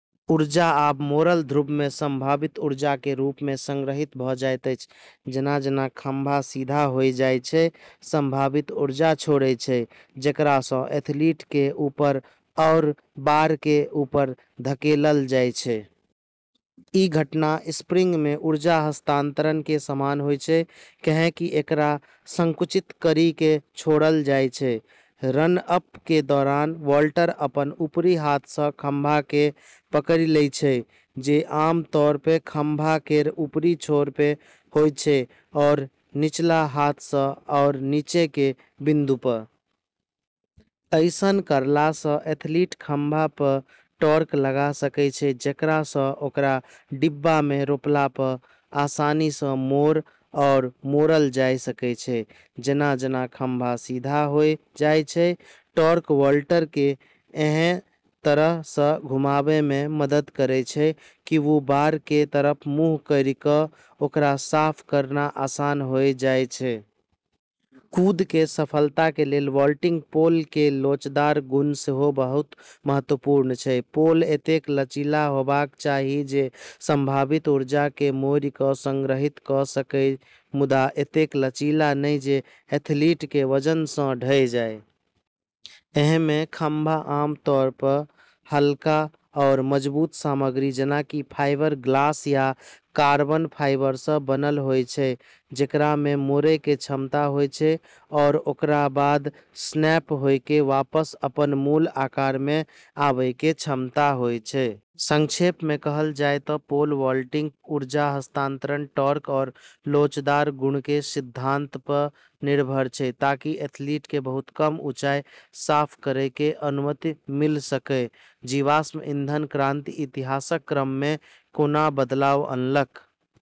ऊर्जा आब मोड़ल ध्रुव मे संभावित ऊर्जा के रूप मे संग्रहित भ जाइत अछि। जेना-जेना खंभा सीधा होय जाय छै, संभावित ऊर्जा छोड़ै छै, जेकरा स॑ एथलीट क॑ ऊपर आरू बार के ऊपर धकेललऽ जाय छै। ई घटना स्प्रिंग म॑ ऊर्जा हस्तांतरण के समान होय छै, कैन्हेंकि एकरा संकुचित करी क॑ छोड़लऽ जाय छै। रन-अप के दौरान वॉल्टर अपनऽ ऊपरी हाथ स॑ खंभा क॑ पकड़ी लै छै, जे आमतौर प॑ खंभा केरऽ ऊपरी छोर प॑ होय छै आरू निचला हाथ स॑ आरू नीचें के बिन्दु प॑। ऐसनऽ करला स॑ एथलीट खंभा प॑ टॉर्क लगाय सकै छै, जेकरा स॑ ओकरा डिब्बा म॑ रोपला प॑ आसानी स॑ मोड़ आरू मोड़लऽ जाय सकै छै। जेना-जेना खंभा सीधा होय जाय छै, टॉर्क वॉल्टर क॑ ऐन्हऽ तरह स॑ घुमाबै म॑ मदद करै छै कि वू बार के तरफ मुँह करी क॑ ओकरा साफ करना आसान होय जाय छै। कूद के सफलता के लेल वॉल्टिंग पोल के लोचदार गुण सेहो बहुत महत्वपूर्ण छै. पोल एतेक लचीला होबाक चाही जे संभावित ऊर्जा के मोड़ि क संग्रहित क' सकय, मुदा एतेक लचीला नहिं जे एथलीट के वजन सं ढह जाय. ऐन्हऽ म॑ खंभा आम तौर प॑ हल्का आरू मजबूत सामग्री जेना कि फाइबरग्लास या कार्बन फाइबर स॑ बनलऽ होय छै, जेकरा म॑ मोड़ै के क्षमता होय छै आरू ओकरा बाद 'स्नैप' होय क॑ वापस अपनऽ मूल आकार म॑ आबै के क्षमता होय छै। संक्षेप म॑ कहलऽ जाय त॑ पोल वॉल्टिंग ऊर्जा हस्तांतरण, टॉर्क, आरू लोचदार गुणऽ के सिद्धांतऽ प॑ निर्भर छै ताकि एथलीटऽ क॑ बहुत ऊंचाई साफ करै के अनुमति मिल॑ सक॑। जीवाश्म ईंधन क्रांति इतिहासक क्रम मे कोना बदलाव अनलक?